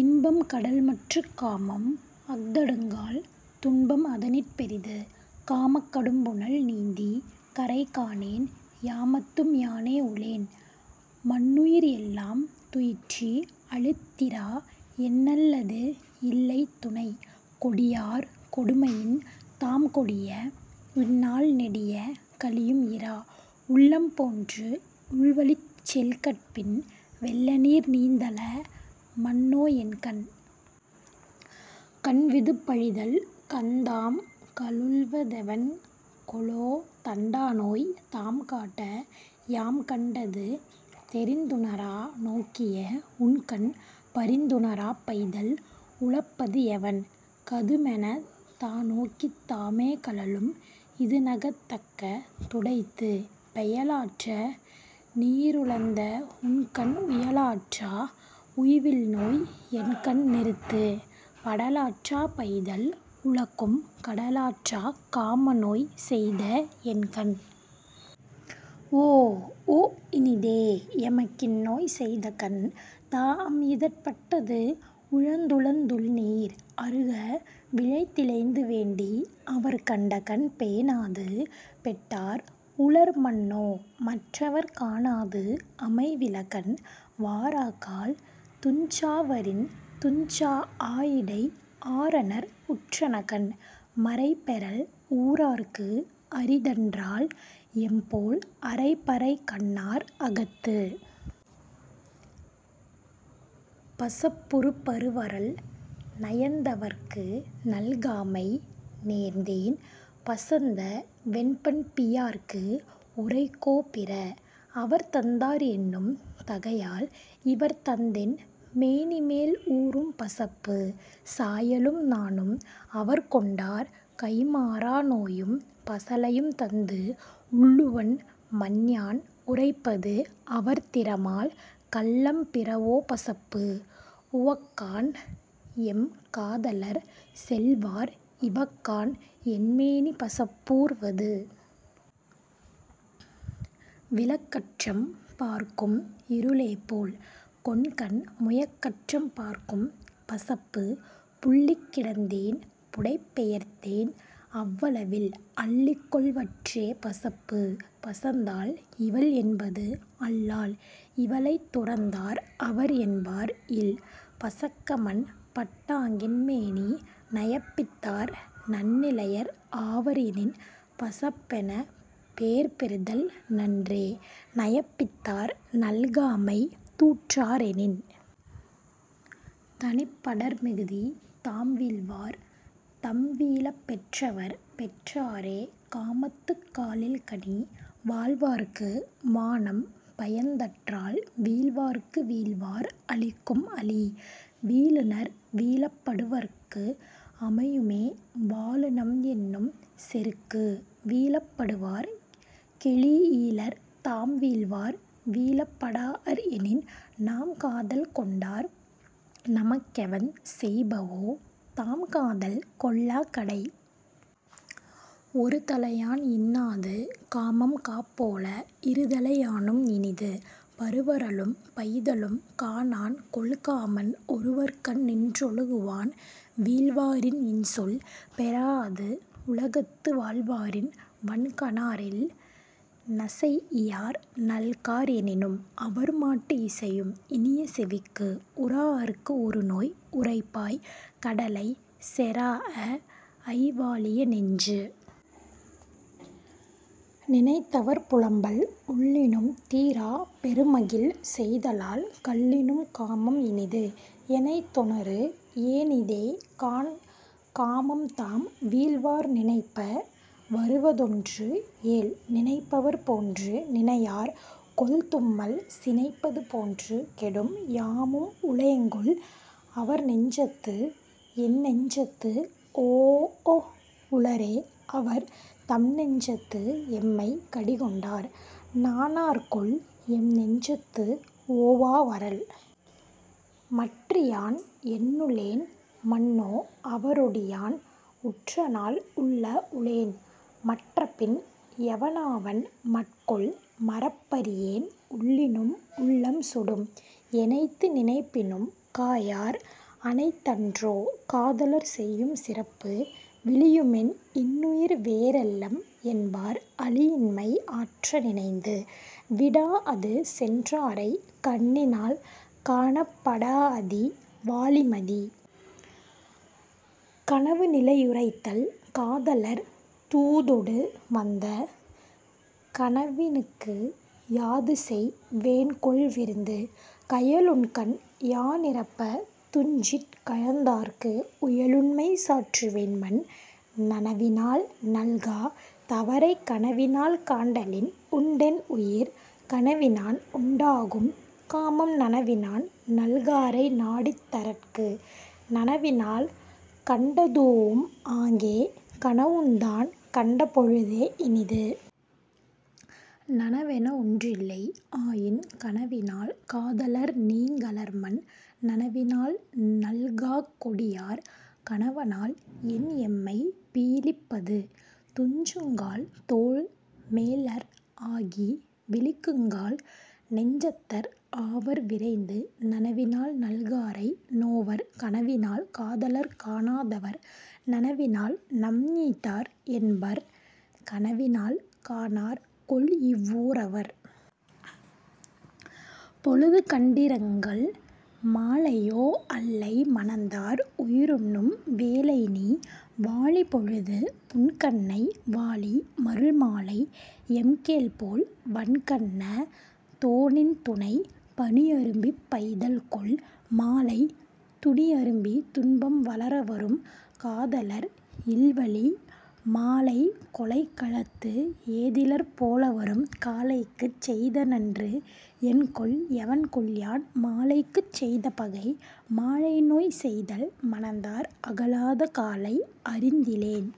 இன்பம் கடல்மற்றுக் காமம் அஃதடுங்கால் துன்பம் அதனிற் பெரிது. காமக் கடும்புனல் நீந்திக் கரைகாணேன் யாமத்தும் யானே உளேன். மன்னுயிர் எல்லாம் துயிற்றி அளித்திரா என்னல்லது இல்லை துணை. கொடியார் கொடுமையின் தாம்கொடிய இந்நாள் நெடிய கழியும் இரா. உள்ளம்போன்று உள்வழிச் செல்கிற்பின் வெள்ளநீர் நீந்தல மன்னோஎன் கண்.. கண்விதுப்பழிதல் கண்தாம் கலுழ்வ தெவன்கொலோ தண்டாநோய் தாம்காட்ட யாம்கண் டது. தெரிந்துணரா நோக்கிய உண்கண் பரிந்துணராப் பைதல் உழப்பது எவன்? கதுமெனத் தாநோக்கித் தாமே கலுழும் இதுநகத் தக்க துடைத்து. பெயலாற்றா நீருலந்த உண்கண் உயலாற்றா உய்வில்நோய் என்கண் நிறுத்து. படலாற்றா பைதல் உழக்கும் கடலாற்றாக் காமநோய் செய்தஎன் கண். ஓஒ இனிதே எமக்கிந்நோய் செய்தகண் தாஅம் இதற்பட் டது. உழந்துழந் துள்நீர் அறுக விழைந்திழைந்து வேண்டி அவர்க்கண்ட கண். பேணாது பெட்டார் உளர்மன்னோ மற்றவர்க் காணாது அமைவில கண். வாராக்கால் துஞ்சா வரின்துஞ்சா ஆயிடை ஆரஞர் உற்றன கண். மறைபெறல் ஊரார்க்கு அரிதன்றால் எம்போல் அறைபறை கண்ணார் அகத்து.. பசப்புறுபருவரல் நயந்தவர்க்கு நல்காமை நேர்ந்தேன் பசந்தவென் பண்பியார்க்கு உரைக்கோ பிற. அவர்தந்தார் என்னும் தகையால் இவர்தந்தென் மேனிமேல் ஊரும் பசப்பு. சாயலும் நாணும் அவர்கொண்டார் கைம்மாறா நோயும் பசலையும் தந்து. உள்ளுவன் மன்யான் உரைப்பது அவர்திறமால் கள்ளம் பிறவோ பசப்பு. உவக்காண்எம் காதலர் செல்வார் இவக்காண்என் மேனி பசப்பூர் வது. விளக்கற்றம் பார்க்கும் இருளேபோல் கொண்கன் முயக்கற்றம் பார்க்கும் பசப்பு. புல்லிக் கிடந்தேன் புடைபெயர்ந்தேன் அவ்வளவில் அள்ளிக்கொள் வற்றே பசப்பு. பசந்தாள் இவள்என்பது அல்லால் இவளைத் துறந்தார் அவர்என்பார் இல். பசக்கமன் பட்டாங்கென் மேனி நயப்பித்தார் நன்னிலையர் ஆவர் எனின். பசப்பெனப் பேர்பெறுதல் நன்றே நயப்பித்தார் நல்காமை தூற்றார் எனின்.. தனிப்படர்மிகுதி தாம்வீழ்வார் தம்வீழப் பெற்றவர் பெற்றாரே காமத்துக் காழில் கனி. வாழ்வார்க்கு வானம் பயந்தற்றால் வீழ்வார்க்கு வீழ்வார் அளிக்கும் அளி. வீழுநர் வீழப் படுவதற்க்கு அமையுமே வாழுநம் என்னும் செருக்கு. வீழப் படுவார் கெழீஇயிலர் தாம்வீழ்வார் வீழப் படாஅர் எனின். நாம்காதல் கொண்டார் நமக்கெவன் செய்பவோ தாம்காதல் கொள்ளாக் கடை. ஒருதலையான் இன்னாது காமம்காப் போல இருதலை யானும் இனிது. பருவரலும் பைதலும் காணான்கொல் காமன் ஒருவர்கண் நின்றொழுகு வான். வீழ்வாரின் இன்சொல் பெறாஅது உலகத்து வாழ்வாரின் வன்கணார் இல். நசைஇயார் நல்கார் எனினும் அவர்மாட்டு இசையும் இனிய செவிக்கு. உறாஅர்க்கு உறுநோய் உரைப்பாய் கடலைச் செறாஅஅய் வாழிய நெஞ்சு.. நினைத்தவர்புலம்பல் உள்ளினும் தீராப் பெருமகிழ் செய்தலால் கள்ளினும் காமம் இனிது. எனைத்தொனறு ஏனிதேகாண் காமம்தாம் வீழ்வார் நினைப்ப வருவதொன்று ஏல். நினைப்பவர் போன்று நினையார்கொல் தும்மல் சினைப்பது போன்று கெடும். யாமும் உளேங்கொல் அவர்நெஞ்சத்து எந்நெஞ்சத்து ஓஒ உளரே அவர். தம்நெஞ்சத்து எம்மைக் கடிகொண்டார் நாணார்கொல் எம்நெஞ்சத்து ஓவா வரல். மற்றியான் என்னுளேன் மன்னோ அவரொடி யான் உற்றநாள் உள்ள உளேன். மறப்பின் எவனாவன் மற்கொல் மறப்பறியேன் உள்ளினும் உள்ளம் சுடும். எனைத்து நினைப்பினும் காயார் அனைத்தன்றோ காதலர் செய்யும் சிறப்பு. விளியுமென் இன்னுயிர் வேறல்லம் என்பார் அளியின்மை ஆற்ற நினைந்து. விடாஅது சென்றாரைக் கண்ணினால் காணப் படாஅதி வாழி மதி.. கனவுநிலையுரைத்தல் காதலர் தூதொடு வந்த கனவினுக்கு யாதுசெய் வேன்கொல் விருந்து. கயலுண்கண் யானிரப்பத் துஞ்சிற் கலந்தார்க்கு உயலுண்மை சாற்றுவேன் மன். நனவினால் நல்கா தவரைக் கனவினால் காண்டலின் உண்டென் உயிர். கனவினான் உண்டாகும் காமம் நனவினான் நல்காரை நாடித் தரற்கு. நனவினால் கண்டதூஉம் ஆங்கே கனவுந்தான் கண்ட பொழுதே இனிது. நனவென ஒன்றில்லை ஆயின் கனவினால் காதலர் நீங்கலர் மன். நனவினால் நல்காக் கொடியார் கனவனால் என்எம்மைப் பீழிப் பது. துஞ்சுங்கால் தோள்மேலர் ஆகி விழிக்குங்கால் நெஞ்சத்தர் ஆவர் விரைந்து. நனவினால் நல்காரை நோவர் கனவினால் காதலர்க் காணா தவர். நனவினால் நம்நீத்தார் என்பர் கனவினால் காணார்கொல் இவ்வூ ரவர்.. பொழுதுகண்டிரங்கல் மாலையோ அல்லை மணந்தார் உயிருண்ணும் வேலைநீ வாழி பொழுது. புன்கண்ணை வாழி மருள்மாலை எம்கேள்போல் வன்கண்ண தோநின் துணை. பனிஅரும்பிப் பைதல்கொள் மாலை துனிஅரும்பித் துன்பம் வளர வரும். காதலர் இல்வழி மாலை கொலைக்களத்து ஏதிலர் போல வரும். காலைக்குச் செய்தநன்று என்கொல் எவன்கொல்யான் மாலைக்குச் செய்த பகை? மாலைநோய் செய்தல் மணந்தார் அகலாத காலை அறிந்த திலேன்.